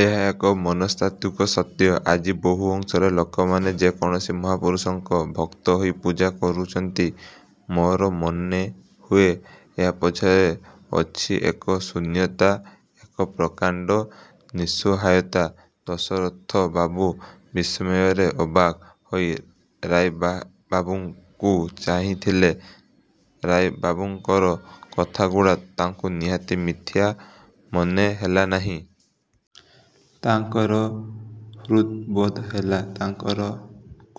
"ଏହା ଏକ ମନସ୍ତାତ୍ତ୍ୱିକ ସତ୍ୟ। ଆଜି ବହୁ ଅଂଶରେ ଲୋକମାନେ ଯେ କୌଣସି ମହାପୁରୁଷଙ୍କ ଭକ୍ତ ହୋଇ ପୂଜା କରୁଚନ୍ତି। ମୋର ମନେହୁଏ, ଏହା ପଛରେ ଅଛିଏକ ଶୂନ୍ୟତା, ଏକ ପ୍ରକାଣ୍ଡ ନିଃସହାୟତା।"ଦାଶରଥିବାବୁ ବିସ୍ମୟରେ ଅବାକ୍ ହୋଇ ରାୟବାବୁଙ୍କୁ ଚାହିଁଥିଲେ। ରାୟବାବୁଙ୍କର କଥା ଗୁଡ଼ା ତାଙ୍କୁ ନିହାତି ମିଥ୍ୟା ମନେହେଲା ନାହିଁ। ତାଙ୍କର ହୃଦ୍‌ବୋଧ ହେଲା, ତାଙ୍କର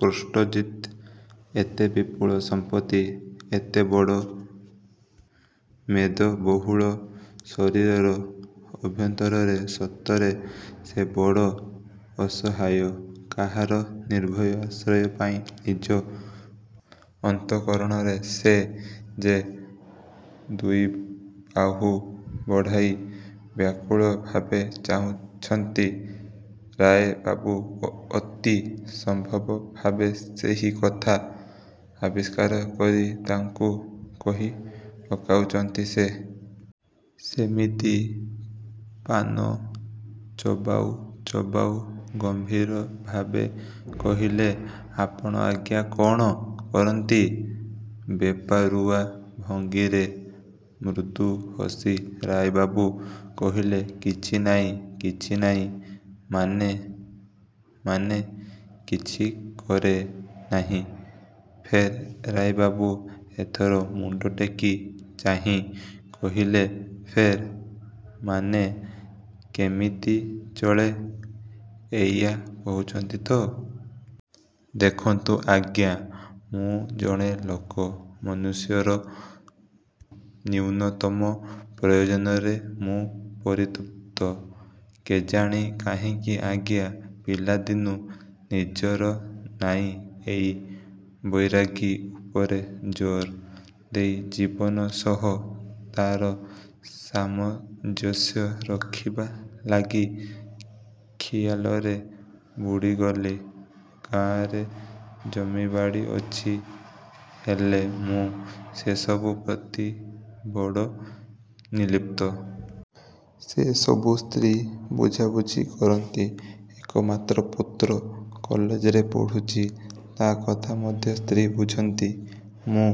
କୄଷ୍ଟର୍ଜିତ ଏତେ ବିପୁଳ ସମ୍ପତ୍ତି, ଏତେବଡ଼ ମେଦବହୁଳ ଶରୀର ଅଭ୍ୟନ୍ତରରେ ସତରେ ସେ ବଡ଼ ଅସହାୟ। କାହାର ନିର୍ଭୟ ଶ୍ରୟ ପାଇଁ ନିଜ ଅନ୍ତଃକରଣରେ ସେ ଯେ ଦୁଇବାହୁ ବଢ଼ାଇ ବ୍ୟାକୁଳ ଭାବେ ଚାହୁଁଛନ୍ତି, ରାୟବାବୁ ଅତି ସମ୍ଭବ ଭାବେ ସେହି କଥା ଆବିଷ୍କାର କରି ତାଙ୍କୁ କହି ପକାଇଚନ୍ତି। ସେ ସେମିତି ପାନ ଚୋବାଉ ଚୋବାଉ ଗମ୍ଭୀର ଭାବେ କହିଲେ, "ଆପଣ ଆଜ୍ଞା, କ'ଣ କରନ୍ତି?"ବେପରୁଆ ଭଙ୍ଗୀରେ ମୃଦୁ ହସି ରାୟବାବୁ କହିଲେ, "କିଛି ନାଇଁ।""କିଛି ନାଇଁ ମାନେ?""ମାନେ କିଛି କରେ ନାହିଁ।""ଫେର୍?"ରାୟବାବୁ ଏଥର ମୁଣ୍ଡଟେକି ଚାହିଁ କହିଲେ, "ଫେର୍? ମାନେ କେମିତି ଚଳେ, ଏଇଆ କହୁଚନ୍ତି ତ? ଦେଖନ୍ତୁ ଆଜ୍ଞା, ମୁଁ ଜଣେ ଲୋକ, ମନୁଷ୍ୟର ନ୍ୟୁନତମ ପ୍ରୟୋଜନରେ ମୁଁ ପରିତୃପ୍ତ। କେଜାଣି କାହିଁକି ଆଜ୍ଞା, ପିଲାଦିନୁ ନିଜର ନାଁ ଏଇ 'ବୈରାଗୀ' ଉପରେ ଜୋର୍ ଦେଇ ଜୀବନ ସହ ତା'ର ସାମଞ୍ଜସ୍ୟ ରଖିବା ଲାଗି, ଖିଆଲରେ, ବୁଡ଼ିଗଲି।" "ଗାଁରେ ଜମିବାଡ଼ି ଅଛି, ହେଲେ ମୁଁ ସେସବୁ ପ୍ରତି ବଡ଼ ନିର୍ଲିପ୍ତ। ସେ ସବୁ ସ୍ତ୍ରୀ ବୁଝାବୁଝି କରନ୍ତି। ଏକମାତ୍ର ପୁତ୍ର କଲେଜରେ ପଢ଼ୁଚି, ତା' କଥା ମଧ୍ୟ ସ୍ତ୍ରୀ ବୁଝନ୍ତି। ମୁଁ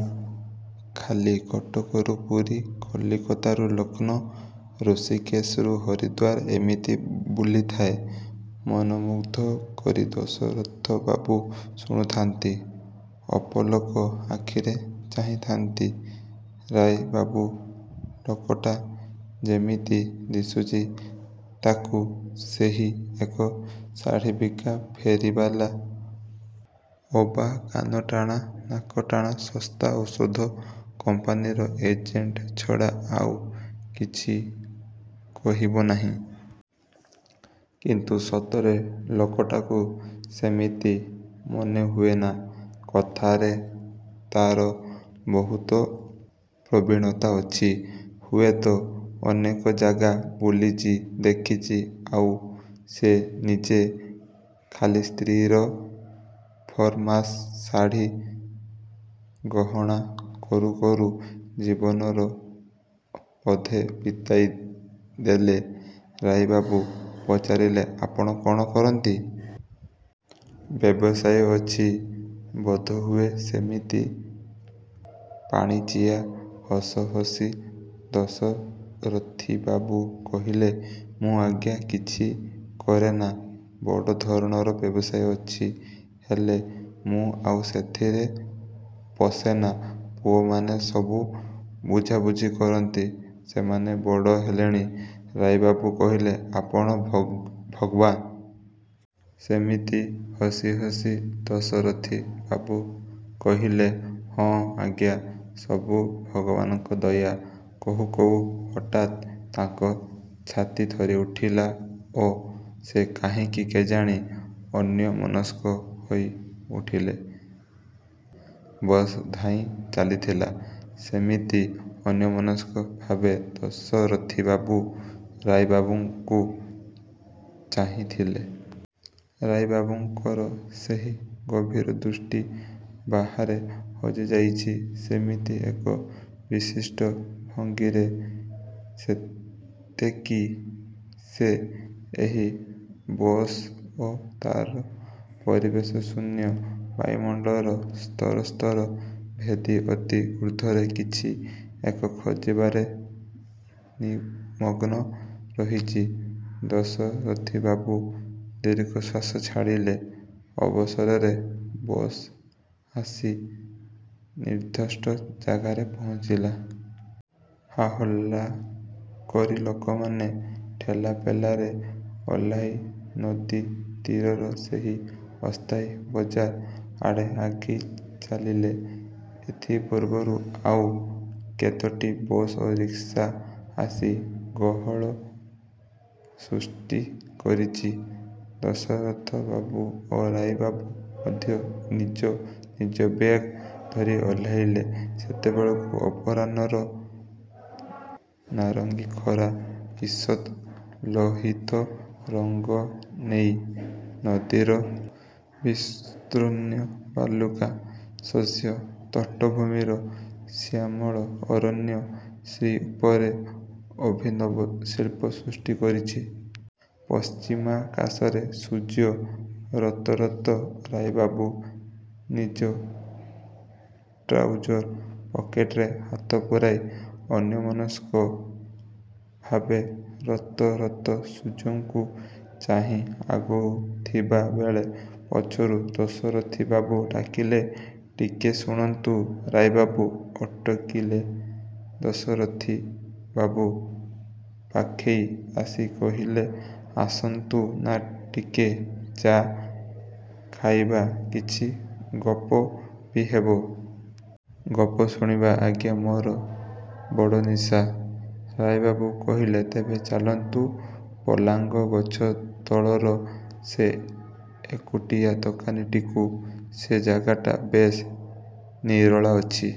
ଖାଲି କଟକରୁ ପୁରୀ, କଲିକତାରୁ ଲକ୍ଷ୍ନୌ, ଋଷିକେଶରୁ ହରିଦ୍ୱାର ଏମିତି ବୁଲିଥାଏ।"ମନ୍ତ୍ରମୁଗ୍ଧ ପରି ଦାଶରଥିବାବୁ ଶୁଣୁଥାଆନ୍ତି। ଅପଲକ ଆଖିରେ ଚାହିଁଥାନ୍ତି। ରାୟବାବୁ ଲୋକଟା ଯେମିତି ଦିଶୁଚି, ତାକୁ କେହି ଏକ ଶାଢ଼ୀ ବିକା ଫେରିବାଲା ଅବା କାନଟଣା, ନାକଟଣା ଶସ୍ତା ଔଷଧ କମ୍ପାନୀର ଏଜେଣ୍ଟ ଛଡ଼ା ଆଉ କିଛି କହିବ ନାହିଁ। କିନ୍ତୁ ସତରେ ଲୋକଟାକୁ ସେମିତି ମନେ ହୁଏନା। କଥାରେ ତାର ବହୁତ ପ୍ରବୀଣତା ଅଛି। ହୁଏତ ଅନେକ ଜାଗା ବୁଲିଚି, ଦେଖିଚି, ଆଉ ସେ ନିଜେ ଖାଲି ସ୍ତ୍ରୀର ଫରମାସ ଶାଢ଼ି ଗହଣା କରୁ କରୁ ଜୀବନର ଅଧେ ବିତାଇ ଦେଲେ। ରାୟବାବୁ ପଚାରିଲେ, "ଆପଣ କ'ଣ କରନ୍ତି? ବ୍ୟବସାୟ ଅଛି ବୋଧହୁଏ?" ସେମିତି ପାଣିଚିଆ ହସ ହସି ଦଶରଥିବାବୁ କହିଲେ, "ମୁଁ ଆଜ୍ଞା କିଛି କରେନା। ବଡ଼ ଧରଣର ବ୍ୟବସାୟ ଅଛି, ହେଲେ ମୁଁ ଆଉ ସେଥିରେ ପଶେନା। ପୁଅମାନେ ସବୁ ବୁଝାବୁଝି କରନ୍ତି। ସେମାନେ ବଡ଼ ହେଲେଣି।" ରାୟବାବୁ କହିଲେ, "ଆପଣ ଫଗୁଆ। ସେମିତି ହସି ହସି ଦାଶରଥିବାବୁ କହିଲେ, "ହଁ ଆଜ୍ଞା। ସବୁ ଭଗବାନଙ୍କ ଦୟା।" କହୁ କହୁ ହଠାତ୍ ତାଙ୍କ ଛାତି ଥରି ଉଠିଲା ଓ ସେ କାହିଁକି କେଜାଣି ଅନ୍ୟମନସ୍କ ହୋଇ ଉଠିଲେ। ବସ ଧାଇଁ ଚାଲିଥିଲା। ସେମିତି ଅନ୍ୟମନସ୍କ ଭାବେ ଦାଶରଥିବାବୁ ରାୟବାବୁଙ୍କୁ ଚାହିଁଥିଲେ। ରାୟବାବୁଙ୍କର ସେହି ଗଭୀର ଦୃଷ୍ଟି, ବାହାରେ ହଜିଯାଇଚି ସେମିତି ଏକ ବିଶିଷ୍ଟ ଭଙ୍ଗୀରେ; ସତେକି ସେ ଏହି ବସ ଓ ତାର ପରିବେଶ, ଶୂନ୍ୟ ବାୟୁମଣ୍ଡଳର ସ୍ତରସ୍ତର ଭେଦି ଅତି ଊର୍ଦ୍ଧ୍ଵରେ କିଛି ଏକ ଖୋଜିବାରେ ନିମଗ୍ନ ରହିଚି। ଦାଶରଥିବାବୁ ଦୀର୍ଘଶ୍ୱାସ ଛାଡ଼ିଲେ। ଅବଶେଷରେ ବସ ଆସି ନିର୍ଦ୍ଦିଷ୍ଟ ଜାଗାରେ ପହଞ୍ଚିଲା। ହାହଲ୍ଲା କରି ଲୋକମାନେ ଠେଲାପେଲାରେ ଓହ୍ଲାଇ ନଦୀ ତୀରର ସେହି ଅସ୍ଥାୟୀ ବଜାର ଆଡ଼େ ଆଗେଇ ଚାଲିଲେ। ଏଥିପୂର୍ବରୁ ଆଉ କେତୋଟି ବସ ଓ ରିକ୍ସା ଆସି ଗହଳ ସୃଷ୍ଟି କରିଚି। ଦାଶରଥିବାବୁ ଓ ରାୟବାବୁ ମଧ୍ୟ ନିଜ ନିଜ ବ୍ୟାଗ ଧରି ଓହ୍ଲାଇଲେ। ସେତେବେଳକୁ ଅପରାହ୍ନର ନାରଙ୍ଗୀ ଖରା, ଈଷତ୍ ଲୋହିତ ରଙ୍ଗ ନେଇ ନଦୀର ବିସ୍ତୀର୍ଣ୍ଣ ବାଲୁକା ଶଯ୍ୟା, ତଟଭୂମିର ଶ୍ୟାମଳ ଅରଣ୍ୟ ଶ୍ରୀଉପରେ ଅଭିନବ ଶିଳ୍ପ ସୃଷ୍ଟି କରିଛି। ପଶ୍ଚିମାକାଶରେ ସୂର୍ଯ୍ୟ ରତରତ। ରାୟବାବୁ ନିଜ ଟ୍ରାଉଜର ପକେଟରେ ହାତପୁରାଇ, ଅନ୍ୟମନସ୍କ ଭାବେ ରତରତ ସୂର୍ଯ୍ୟଙ୍କୁ ଚାହିଁ ଆଗୋଉଥିବା ବେଳେ, ପଛରୁ ଦାଶରଥିବାବୁ ଡାକିଲେ, "ଟିକେ ଶୁଣନ୍ତୁ।" ରାୟବାବୁ ଅଟକିଲେ। ଦାଶରଥିବାବୁ ପାଖେଇ ଆସି କହିଲେ, "ଆସନ୍ତୁ ନା, ଟିକେ ଚା' ଖାଇବା। କିଛି ଗପ ବି ହେବ। ଗପ ଶୁଣିବା ଆଜ୍ଞା ମୋର ବଡ଼ ନିଶା।"ରାୟବାବୁ କହିଲେ, "ତେବେ ଚାଲନ୍ତୁ, ପୋଲାଙ୍ଗ ଗଛ ତଳର ସେ ଏକୁଟିଆ ଦୋକାନଟିକୁ। ସେ ଜାଗାଟା ବେଶ୍ ନିରୋଳା ଅଛି।"